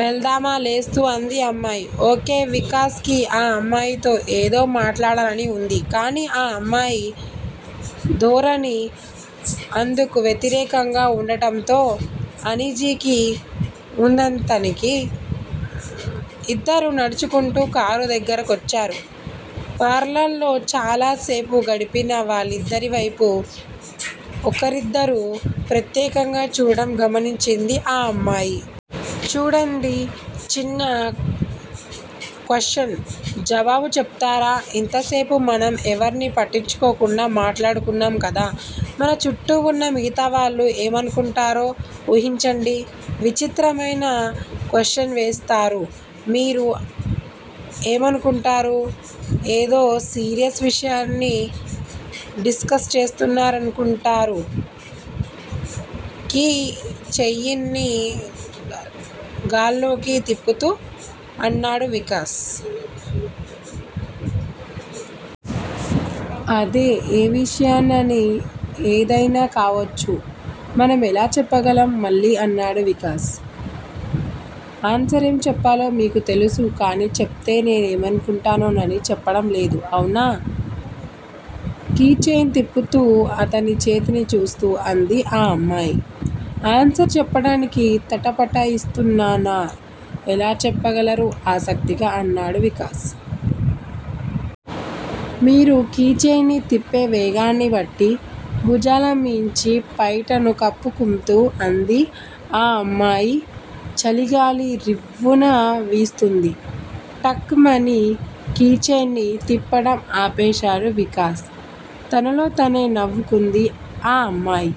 వెళదామా లేస్తూ అందా అమ్మాయి. ఓ. కె. వికాస్ కి ఆ అమ్మాయితో ఏదో మాట్లాడాలని వుంది. కానీ ఆ అమ్మాయి ధోరణి అందుకు వ్యతిరేకంగా వుండడంతో అనీజీగా వుందనతనికి. ఇద్దరూ నడుచుకుంటూ కారు దగ్గరకొచ్చారు. పార్లర్ లో చాలాసేపు గడిపిన వాళ్ళిద్దరివేపు ఒకరిద్దరు ప్రత్యేకంగా చూడడం గమనించింది ఆ అమ్మాయి. చూడండి చిన్న క్వశ్చన్ జవాబు చెప్తారా ఇంతసేపు మనం ఎవర్నీ పట్టించుకోకుండా మాట్లాడుకున్నాం కదా మన చుట్టూ వున్న మిగతావాళ్ళు ఏమనుకుంటారో వూహించండి విచిత్రమైన క్వశ్చన్లు వేస్తారు మీరు ఏమనుకుంటారు ఏదో సీరియస్ విషయాన్ని డిస్ కస్ చేస్తున్నారనుకుంటారు కీ చెయిన్ని గాల్లోకి తిప్పుతూ అన్నాడు వికాస్. అదే ఏ విషయాన్నని ఏదయినా కావచ్చు మనమెలా చెప్పగలం మళ్ళీ అన్నాడు వికాస్. ఆన్సరేం చెప్పాలో మీకు తెల్సు కానీ చెప్తే నేనేమనుకుంటానోనని చెప్పటం లేదు అవునా? కీ చెయిన్ తిప్పుతు అతని చేతిని చూస్తూ అంది ఆ అమ్మాయి. ఆన్సర్ చెప్పటానికి తటపటాయిస్తున్నానా ఎలా చెప్పగలరు ఆసక్తిగా అన్నాడు వికాస్. మీరు కీ చెయిన్ ని తిప్పే వేగాన్ని బట్టి భుజాలమీంచి పైటను కప్పుకుమ్తూ అంది ఆ అమ్మాయి చలిగాలి రివ్వున వీస్తోంది. టక్ మని కీ చెయిన్ ని తిప్పడం ఆపేశాడు వికాస్. తనలో తనే నవ్వుకుంది ఆ అమ్మాయి.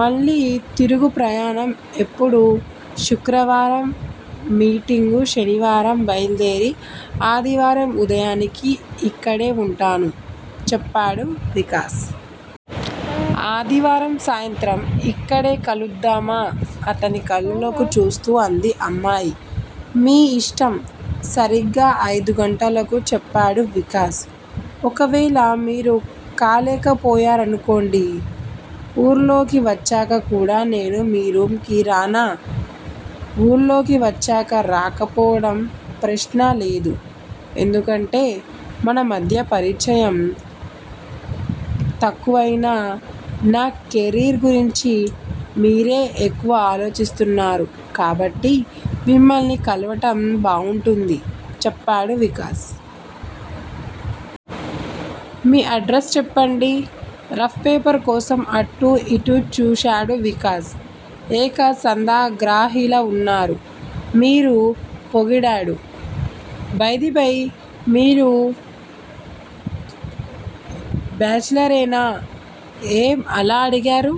మళ్ళీ తిరుగు ప్రయాణం ఎప్పుడు శుక్రవారం మీటింగు శనివారం బయలుదేరి, ఆదివారం ఉదయానికి ఇక్కడే వుంటాను చెప్పాడు వికాస్. ఆదివారం సాయంత్రం యిక్కడే కలుద్దామా అతని కళ్ళల్లోకి చూస్తూ అందా అమ్మాయి. మీ యిష్టం సరిగ్గా అయిదు గంటలకు చెప్పాడు వికాస్. ఒకవేళ మీరు కాలేకపోయారనుకొండి ఊర్లోకి వచ్చాక కూడా నేను మీ రూమ్ కి రానా వూర్లోకి వచ్చాక రాకపోవడం ప్రశ్నలేదు. ఎందుకంటే మన మధ్య పరిచయం తక్కువయినా నా కెరీర్ గురించి మీరే ఎక్కువ ఆలోచిస్తున్నారు కాబట్టి మిమ్మల్ని కలవడం బావుంటుంది చెప్పాడు వికాస్. మీ ఎడ్రస్ చెప్పండి రఫ్ పేపర్ కోసం అటూ యిటూ చూశాడు వికాస్. ఏక సంధాగ్రాహిలా వున్నారు మీరు పొగిడాడు. బైదిబై మీరు బ్యాచిలర్ ఏ నా ఏం అలా అడిగేరు?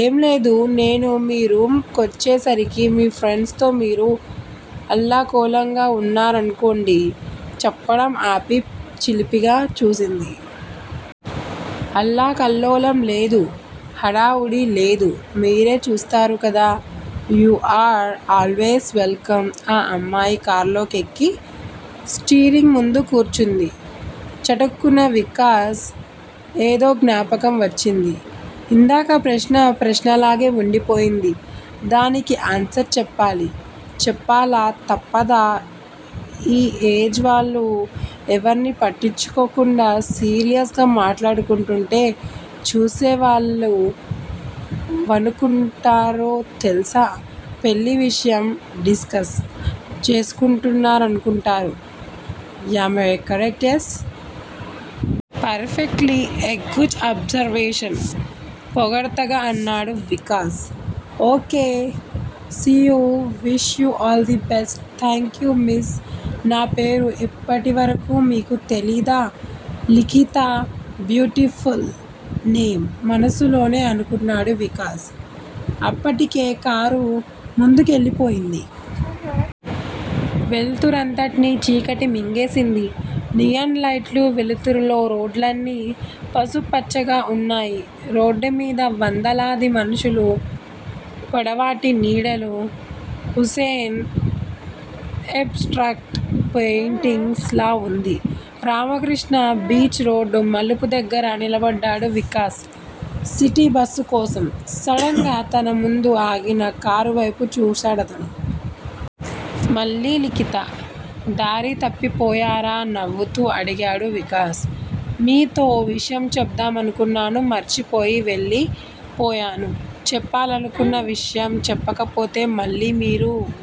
ఏం లేదు నేను మీ రూమ్ కొచ్చేసరికి మీ ఫ్రెండ్స్ తో మీరు అల్లకోల్లలంగా వున్నారనుకోండి చెప్పడం ఆపి చిలిపిగా చూసింది. అల్లకల్లోలం లేదు హడావుడీ లేదు మీరే చూస్తారు కదా you are always welcome ఆ అమ్మాయి కార్లోకి ఎక్కి, స్టీరింగ్ ముందు కూర్చుంది. చటుక్కున వికాస్ కేదో జ్ఞాపకం వచ్చింది. ఇందాక ప్రశ్న ప్రశ్నలాగే వుండిపోయింది దానికి ఆన్సర్ చెప్పాలి. చెప్పాలా తప్పదా ఈ ఏజ్ వాళ్ళు, ఎవర్నీ పట్టించుకోకుండా సీరియస్ గా మాట్లాడుకుంటుంటే, చూసేవాళ్ళేవనుకుంటారో తెల్సా పెళ్ళి విషయం డిస్ కస్ చేసుకుంటున్నారనుకుంటారు am I correct yes. Perfectly a good observation పొగడ్తగా అన్నాడు Vikas. Okay. See you wish you all the best thank you miss నా పేరు ఇప్పటివరకూ మీకు తెలీదా లిఖిత 'బ్యూటిఫుల్ నేమ్' మనసులోనే అనుకున్నాడు వికాస్. అప్పటికే కారు ముందుకెళ్ళిపోయింది. వెలుతురంతట్నీ చీకటి మింగేసింది. నియాన్ లైట్ల వెల్తురులో రోడ్లన్నీ పసుపుపచ్చగా ఉన్నాయి. రోడ్డుమీద వందలాది మనుషుల పొడవాటి నీడలు. హుసేన్ 'ఎబ్ స్ట్రాక్ట్ పెయిటింగ్'లా వుంది. రామకృష్టా బీచ్ రోడ్డు మలుపు దగ్గర నిలబడ్డాడు వికాస్ సిటీ బస్సు కోసం. సడన్ గా తన ముందు ఆగిన కారువేపు చూశాడతను. మళ్ళీ లిఖిత. దారి తప్పిపోయారా నవ్వుతూ అడిగాడు వికాస్. మీతో ఓ విషయం చెప్దామనుకున్నాను మర్చిపోయి వెళ్ళి పోయాను చెప్పాలనుకున్న విషయం చెప్పకపోతే, మళ్ళీ మీరు